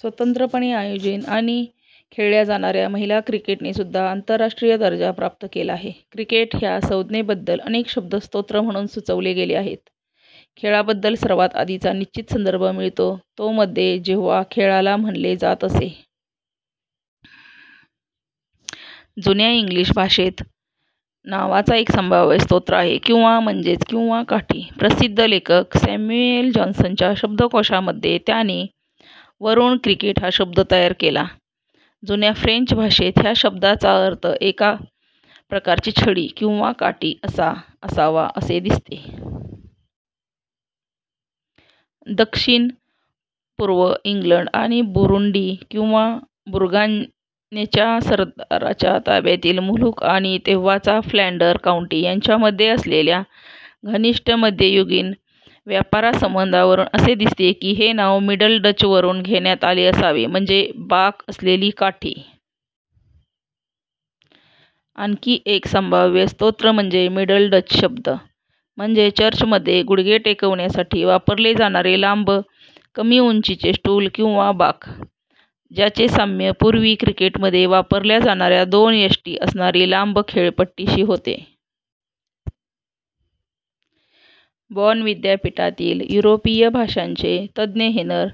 स्वतंत्रपणे आयोजन आणि खेळल्या जाणाऱ्या, महिला क्रिकेटनेसुद्धा आंतरराष्ट्रीय दर्जा प्राप्त केला आहे. "क्रिकेट" ह्या संज्ञेबद्दल अनेक शब्द स्रोत म्हणून सुचवले गेले आहेत. खेळाबद्दल सर्वात आधीचा निश्चित संदर्भ मिळतो तो मध्ये, जेव्हा खेळाला म्हणले जात असे. जुन्या इंग्लिश भाषेत नावाचा एक संभाव्य स्रोत आहे, किंवा म्हणजेच किंवा काठी. प्रसिद्ध लेखक सॅम्युएल जॉन्सनच्या शब्दकोशा मध्ये, त्याने "," वरून क्रिकेट हा शब्द तयार केला. जून्या फ्रेंच भाषेत, ह्या शब्दाचा अर्थ एका प्रकारची छडी किंवा काठी असा असावा असे दिसते. दक्षिण-पुर्व इंग्लंड आणि बुरुंडी किंवा बूर्गान्यच्या सरदाराच्या ताब्यातील मुलूख आणि तेव्हाचा फ्लॅंडर काऊंटी यांच्यामध्ये असलेल्या घनिष्ट मध्ययुगीन व्यापारासंबंधावरून, असे दिसते की हे नाव मिडल डच वरून घेण्यात आले असावे, म्हणजे बाक असलेली काठी. आणखी एक संभाव्य स्रोत म्हणजे मिडल डच शब्द, म्हणजे चर्चमध्ये गुडघे टेकवण्यासाठी वापरले जाणारे लांब कमी उंचीचे स्टूल किंवा बाक, ज्याचे साम्य पूवी क्रिकेटमध्ये वापरल्या जाणाऱ्या दोन यष्टी असणारी लांब खेळपट्टीशी होते. बॉन विद्यापीठातील युरोपीय भाषांचे तज्ज्ञ हेनर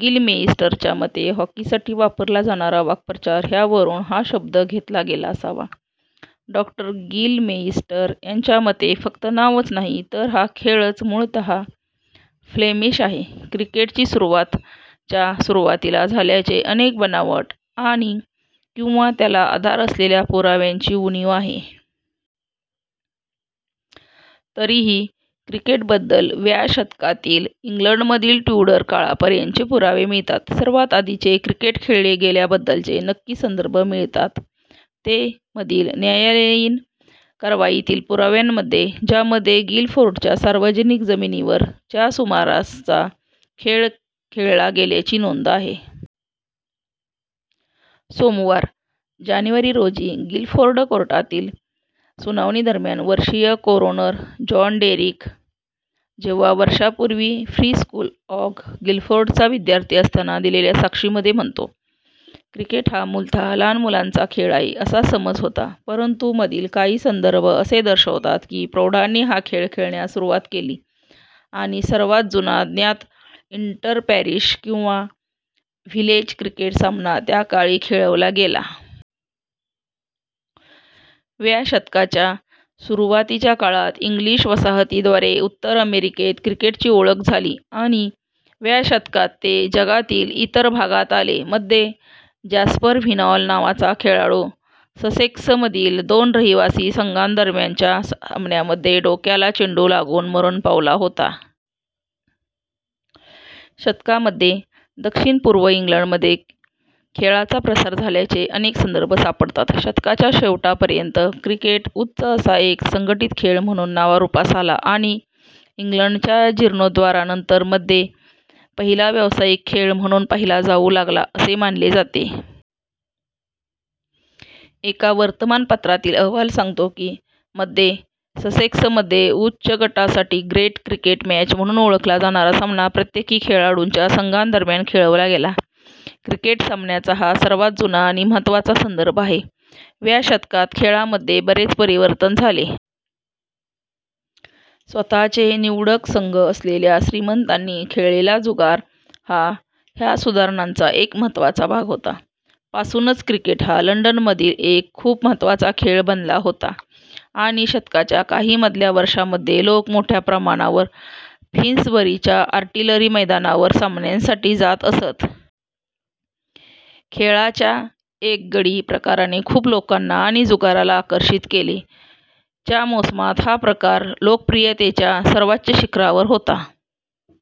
गिलमेइस्टरच्या मते, हॉकीसाठी वापरला जाणारा वाक्प्रचार ह्यावरून "" हा शब्द घेतला गेला असावा. डॉ गिलमेइस्टर यांच्या मते फक्त नावच नाही तर हा खेळच मूळतः फ्लेमिश आहे. क्रिकेटची सुरुवात च्या सुरुवातीला झाल्याचे अनेक बनावट आणि/किंवा त्याला आधार असलेल्या पुराव्यांची उणीव आहे. तरीही क्रिकेटबद्दल व्या शतकातील, इंग्लंडमधील ट्युडर काळापर्यंतचे पुरावे मिळतात. सर्वात आधीचे क्रिकेट खेळले गेल्याबद्दलचे नक्की संदर्भ मिळतात ते, मधील न्यायालयीन कारवाईतील पुराव्यांमध्ये, ज्यामध्ये गिल फोर्डच्या सार्वजनिक जमिनीवर च्या सुमारास चा खेळ खेळला गेल्याची नोंद आहे. सोमवार, जानेवारी रोजी गिलफोर्ड कोर्टातील सुनावणी दरम्यान, वर्षीय कोरोनर, जॉन डेरिक जेव्हा वर्षांपूर्वी फ्री स्कूल ऑग गिलफोर्ड चा विद्यार्थी असताना दिलेल्या साक्षीमध्ये म्हणतो, "." क्रिकेट हा मूलतः लहान मुलांचा खेळ आहे असा समज होता, परंतु मधील काही संदर्भ असे दर्शवतात की प्रौढांनी हा खेळ खेळण्यास सुरुवात केली आणि सर्वात जुना ज्ञात इंटर-पॅरिश किंवा व्हिलेज क्रिकेट सामना त्याकाळी खेळवला गेला. व्या शतकाच्या सुरुवातीच्या काळात इंग्लिश वसाहतींद्वारे उत्तर अमेरिकेत क्रिकेटची ओळख झाली आणि व्या शतकात ते जगातील इतर भागात आले. मध्ये, जॅस्पर व्हिनॉल नावाचा खेळाडू ससेक्समधील दोन रहिवासी संघांदरम्यानच्या सामन्यामध्ये डोक्याला चेंडू लागून मरण पावला होता. शतकामध्ये, दक्षिण-पूर्व इंग्लंडमध्ये खेळाचा प्रसार झाल्याचे अनेक संदर्भ सापडतात. शतकाच्या शेवटापर्यंत, क्रिकेट उच्च असा एक संघटित खेळ म्हणून नावारूपास आला आणि इंग्लंडच्या जीर्णोद्धारानंतर मध्ये पहिला व्यावसायिक खेळ म्हणून पाहिला जाऊ लागला असे मानले जाते. एका वर्तमानपत्रातील अहवाल सांगतो की, मध्ये ससेक्समध्ये उच्च गटासाठी "ग्रेट क्रिकेट मॅच" म्हणून ओळखला जाणारा सामना प्रत्येकी खेळाडूंच्या संघांदरम्यान खेळवला गेला. क्रिकेट सामन्याचा हा सर्वात जुना आणि महत्त्वाचा संदर्भ आहे. व्या शतकात खेळामध्ये बरेच परिवर्तन झाले. स्वतःचे "निवडक " संघ असलेल्या श्रीमंतांनी खेळलेला जुगार हा ह्या सुधारणांचा एक महत्त्वाचा भाग होता. पासूनच क्रिकेट हा लंडनमधील एक खूप महत्त्वाचा खेळ बनला होता आणि शतकाच्या काही मधल्या वर्षांमध्ये लोक मोठ्या प्रमाणावर फिन्सबरीच्या आर्टिलरी मैदानावर सामन्यांसाठी जात असत. खेळाच्या एक गडी प्रकाराने खूप लोकांना आणि जुगाराला आकर्षित केले, च्या मोसमात हा प्रकार लोकप्रियतेच्या सर्वोच्च शिखरावर होता.